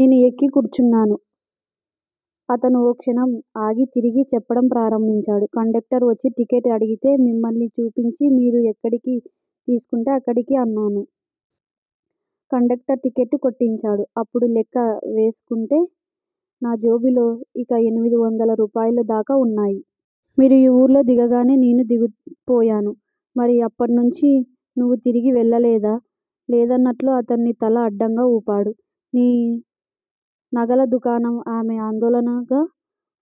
నేను ఎక్కి కూర్చున్నాను అతను ఓ క్షణం ఆగి తిరిగి చెప్పడం ప్రారంభించాడు. కండక్టర్ వచ్చి టిక్కెట్ అడిగితే మిమ్మల్ని చూపించి మీరు ఎక్కడికి తీసుకుంటే అక్కడికి అన్నాను. కండక్టర్ టిక్కెట్ కొట్టిచ్చాడు. అప్పుడు లెక్క వేసుకుంటే నా జేబులో ఇంకా ఎనిమిది వందల రూపాయల దాకా వున్నాయి. మీరు ఈ వూర్లో దిగగానే నేనూ దిగిపోయాను మరి అప్పట్నుంచీ నువు తిరిగి వెళ్ళలేదా? లేదన్నట్లు అతను తల అడ్డంగా వూపాడు. నీ నగల దుకాణం? ఆమె ఆందోళనగా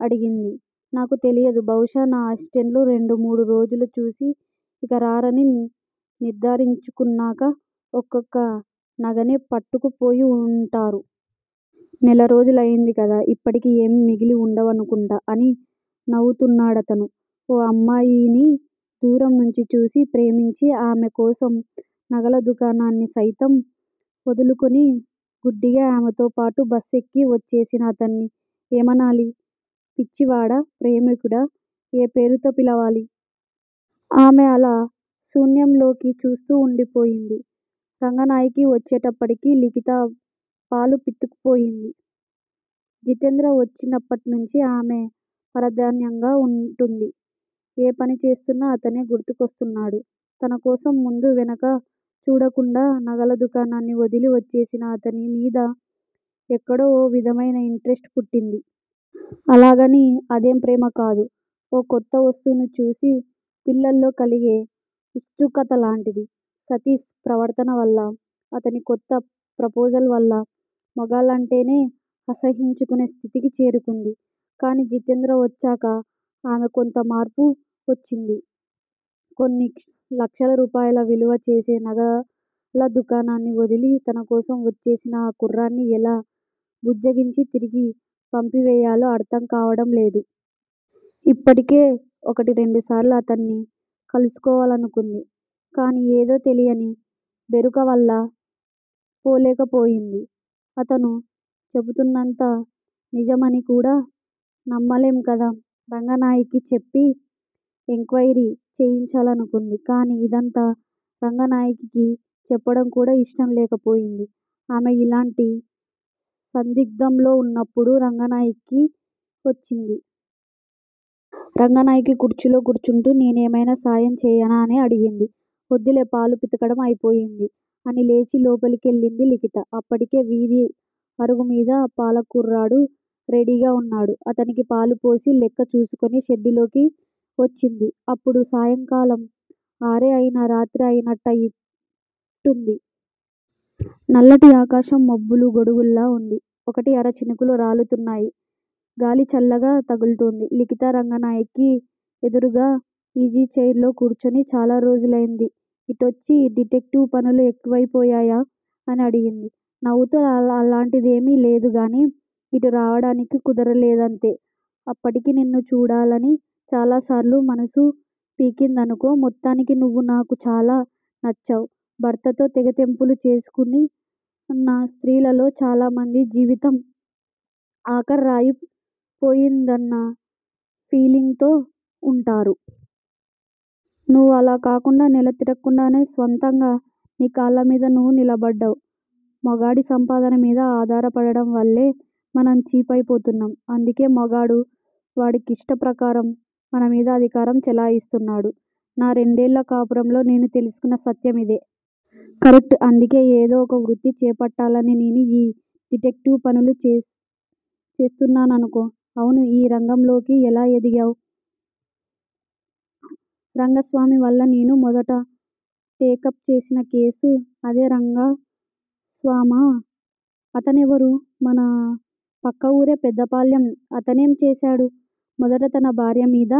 అడిగింది. నాకు తెలియదు బహుశా నా అసిస్టెంట్లు రెండు మూడు రోజులు చూసి ఇక రానని నిర్దారించుకున్నాక ఒక్కొక్క నగనే పట్టుకు పోయి వుంటారు. నెల రోజులైంది కదా. ఇప్పటికీ ఏమీ మిగిలి వుండదనుకుంటా అని నవ్వుతున్నాడతను. ఓ అమ్మాయిని దూరం నుంచి చూసి, ప్రేమించి, ఆమె కోసం నగల దుకాణాన్ని సైతం వదులుకుని గుడ్డిగా ఆమెతో పాటు బస్సు ఎక్కి వచ్చేసిన అతన్ని ఏమనాలి? పిచ్చివాడా? ప్రేమికుడా? ఏ పేరుతో పిలవాలి? ఆమె అలా శూన్యం లోకి చూస్తూ వుండిపోయింది. రంగనాయకి వచ్చేటప్పటికి లిఖిత పాలు పితుకుపోయింది. జితేంద్ర వచ్చినప్పట్నుంచి ఆమె పరధ్యానంగా వుంటుంది. ఏ పని చేస్తున్నా అతనే గుర్తుస్తున్నాడు. తనకోసం ముందూ వెనకా చూడకుండా నగల దుకాణాన్ని వదలి వచ్చేసిన అతని మీద ఎక్కడో ఓ విధమైన ఇంట్రెస్ట్ పుట్టింది. అలాగని అదేం ప్రేమ కాదు. ఓ కొత్త వస్తువును చూసి పిల్లల్లో కలిగే వుత్సుకత లాంటిది. సతీష్ ప్రవర్తనవల్ల అతని కొత్త ప్రపోజల్ వల్ల మగాళ్ళంటేనే అసహ్యించుకునే స్థితికి చేరుకుంది. కానీ జితేంద్ర వచ్చాక ఆమె కొంత మార్పు వచ్చింది. కొన్ని లక్షల రూపాయల విలువ చేసే నగల దుకాణాన్ని వదిలి తనకోసం వచ్చేసిన ఆ కుర్రాడ్ని ఎలా బుజ్జగించి తిరిగి పంపివేయాలో అర్ధం కావడం లేదు. ఇప్పటికే ఒకటి రెండుసార్లు అతన్ని కలుసుకోవాలనుకుంది గానీ ఏదో తెలియని బెరుక వల్ల పోలేకపోయింది. అతను చెబుతున్నంత నిజమని కూడా నమ్మలేం గదా. రంగనాయకి చెప్పి ఎంక్వయిరీ చేయించాలనుకుంది. కానీ ఇదంతా రంగనాయకీకి చెప్పడం కూడా ఇష్టం లేకపోయింది. ఆమె ఇలాంటి సందిగ్ధంలో వున్నప్పుడు రంగనాయకి వచ్చింది. రంగనాయకి కుర్చీలో కూర్చుంటూ నేనేమైనా సాయం చేయనా? అని అడిగింది. ఒద్దులే పాలు పితకటం అయిపోయింది అని లేచి లోపలి కెళ్ళింది లిఖిత. అప్పటికే వీధి అరుగుమీద పాల కుర్రాడు రెడీగా వున్నాడు. అతనికి పాలు పోసి, లెక్క చూసుకుని షెడ్డులోకి వచ్చింది. అప్పుడు సాయంకాలం ఆరే అయినా రాత్రి అయి నట్టు ఉంది నల్లటి ఆకాశం మబ్బులు గొడుగుల్లా వుంది. ఒకటీ అర చినుకులు రాలుతున్నాయి గాలి చల్లగా తగుల్తోంది. లిఖిత రంగనాయకి ఎదురుగ ఈజీ చైర్ లో కూర్చుని చాలా రోజులైంది ఇటొచ్చి- డిటెక్టివ్ పనులు ఎక్కువైపోయాయా? అని అడిగింది నవ్వుతూ. అలాంటిదేమీ లేదుగానీ ఇటు రావడానికి కుదరలేదంతే అప్పటికీ నిన్ను చూడాలని చాలా సార్లు మనసు పీకిందనుకో మొత్తానికి నువ్వు నాకు చాలా నచ్చావ్ భర్తతో తెగతెంపులు చేసుకున్న స్త్రీలలో చాలామంది జీవితం ఆఖరయి పోయిందన్న ఫీలింగ్ తో వుంటారు. నువు అలా కాకుండా నెల తిరక్కుండానే స్వంతంగా నీ కాళ్ళమీద నువు నిలబడ్డావ్ మగాడి సంపాదన మీద ఆధారపడడం వల్లే మనం చీప్ అయిపోతున్నాం. అందుకే మగాడు వాడిష్ట ప్రకారం మన మీద అధికారం చెలాయిస్తున్నాడు. నా రెండేళ్ళ కాపురంలో నేను తెలుసుకున్న సత్యం ఇదే. కరెక్ట్ అందుకే ఏదో ఒక వృత్తి చేపట్టాలనే నేనూ ఈ డిటెక్టివ్ పనులు చేస్తున్నాననుకో అవునూ ఈ రంగంలోకి ఎలా ఎదిగావ్? రంగస్వామి వల్ల నేను మొదట టేకప్ చేసిన కేసు అదే రంగస్వామా? అతనెవరు? మన పక్కవూరే- పెద్దపాలెం అతనేం చేశాడు? మొదట తన భార్య మీద